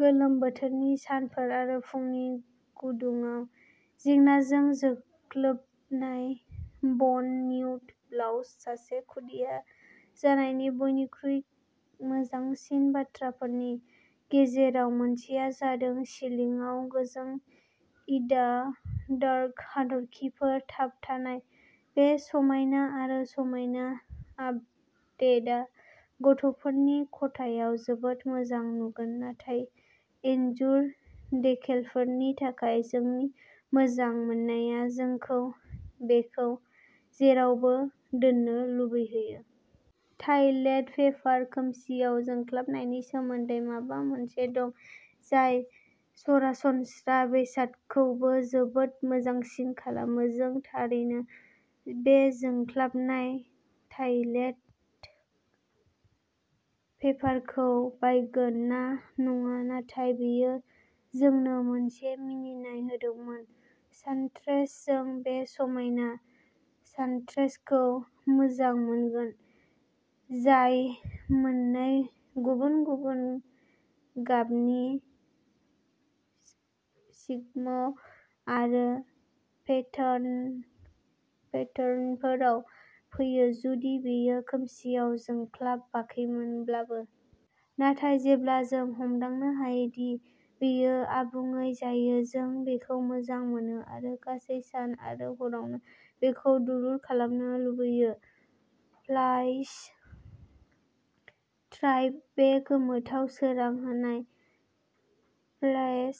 गोलोम बोथोरनि सानफोर आरो फुंनि गुदुङाव जोंनायजों जोंख्लाबनाय बन निउट बाल्ब्स सासे खुदिया जानायनि बयनिख्रुइ मोजांसिन बाथ्राफोरनि गेजेराव मोनसेआ जादों सिलिंआव गोजों इन-दा-डार्क हाथरखिफोर थाबथानाय। बे समायना आरो समायना आपडेटा गथ'फोरनि खथायाव जोबोद मोजां नुगोन नाथाय इनजुर देकेलफोरनि थाखाय जोंनि मोजां मोननाया जोंखौ बेखौ जेरावबो दोननो लुबैहोयो। टयलेट पेपार खोमसिआव जोंख्लाबनायनि सोमोन्दै माबा मोनसे दं जाय सरासनस्रा बेसादखौबो जोबोद मोजांसिन खालामो। जों थारैनो बे जोंख्लाबनाय टयलेट पेपारखौ बायगोन ना नङा नाथाय बेयो जोंनो मोनसे मिनिनाय होदोंमोन। सानड्रेस जों बे समायना सानड्रेसखौ मोजां मोनगोन जाय मोननै गुबुन-गुबुन गाबनि स्किम आरो पेटार्नफोराव फैयो जुदि बेयो खोमसिआव जोंख्लाबाखैमोनब्लाबो। नाथाय जेब्ला जों हमदांनो हायोदि बेयो आबुङै जायो जों बेखौ मोजां मोनो आरो गासै सान आरो हरावनो बेखौ दुलुर खालामनो लुबैयो। फ्लेश ड्राइभ बे गोमोथाव सोरां होनाय फ्लेश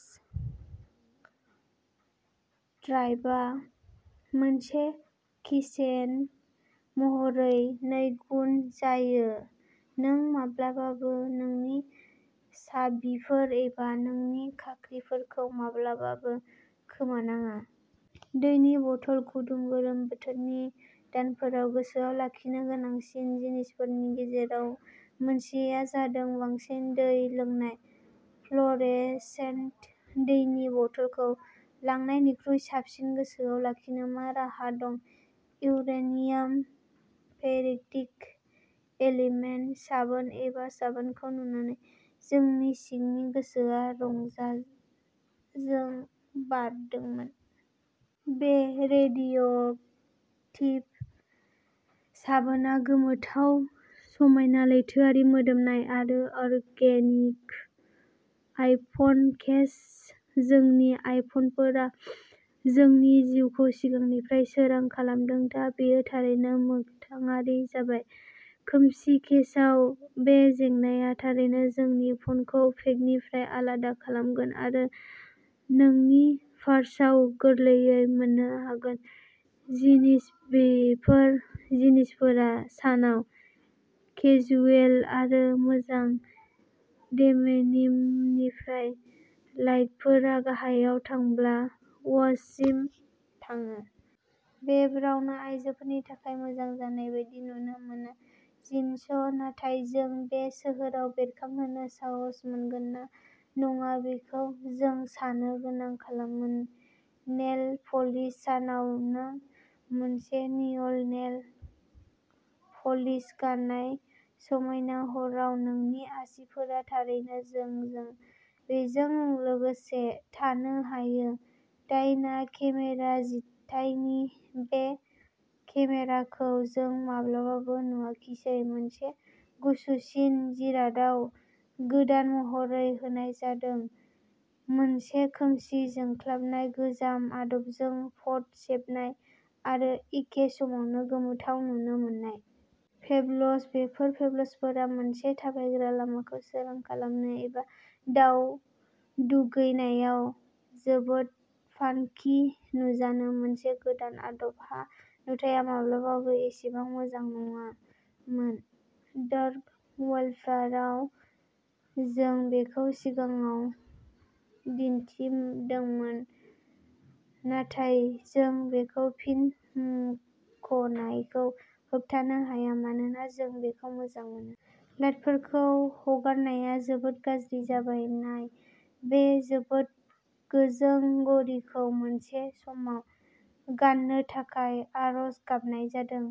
ड्राइभआ मोनसे कीचेन महरै नैगुन जायो नों माब्लाबाबो नोंनि साबिफोर एबा नोंनि खाख्रिफोरखौ माब्लाबाबो खोमानाङा। दैनि बथल गुदुं गोलोम बोथोरनि दानफोराव गोसोआव लाखिनो गोनांसिन जिनिसफोरनि गेजेराव मोनसेआ जादों बांसिन दै लोंनाय। फ्ल'रसेन्ट दैनि बथलखौ लांनायनिख्रुइ साबसिन गोसोआव लाखिनो मा राहा दं? इउरेनियाम पेरियडिक एलिमेन्ट साबोन बे साबोनखौ नुनानै जोंनि सिंनि गोसोआ रंजाजों बारदोंमोन। बे रेडिय'एक्टिभ साबोनआ गोमोथाव समायना, लैथोआरि मोदोमनाय आरो अर्गेनिक। आइफन केस जोंनि आइफनफोरा जोंनि जिउखौ सिगांनिफ्रायनो सोरां खालामदों दा बेयो थारैनो मोगथाङारि जाबाय। खोमसि केसआव बे जोंनाया थारैनो नोंनि फ'नखौ पेकनिफ्राय आलादा खालामगोन आरो नोंनि पार्साव गोरलैयै मोन्नो हागोन जिन्स बेफोर जिन्सफोरा सानाव केजुएल आरो मोजां डेनिमनिफ्राय लाइटफोरा गाहायाव थांब्ला वजासिम थाङो। बे ब्रान्डआ आयजोफोरनि थाखाय मोजां जानाय बायदि नुनो मोना। जिन्स नाथाय जों बेखौ सोहोराव बेरखांहोनो साहस मोनगोन ना नङा बेखौ जों साननो गोनां खालामो। नेल पलिश सानाव नों मोनसे नियन नेल पलिश गान्नाय समायना हराव नोंनि आसिफोरा थारैनो जों जों बेजों लोगोसे थानो हायो डायना केमेरा जिथाइनि बे केमेराखौ जों माब्लाबाबो नुजाखिसै मोनसे गुसुसिन जिरादआव गोदान महर होनाय जादों मोनसे खोमसि जोंख्लाबनाय गोजाम आदबजों फट' सेबनाय आरो एखे समावनो गोमोथाव नुनो मोननाय। पेबल्स बेफोर पेबल्सफोरा मोनसे थाबायग्रा लामाखौ सोरां खालामनो एबा दाउ दुगैनायाव जोबोद फानकि नुजानो मोनसे गोदान आदब। हा नुथाया माब्लाबाबो एसेबां मोजां नङामोन। डार्क वालपेपाराव जों बेखौ सिगाङाव दिन्थिदोंमो नाथाय जों बेखौ फिन मुंख'नायखौ होबथानो हाया मानोना जों बेखौ मोजां मोनो। लाइटफोरखौ हगारनाया जोबोद गाज्रि जाबाय। नाय बे जोबोद गोजों घड़िखौ मोनसे समाव गाननो थाखाय आर'ज गाबनाय जादों।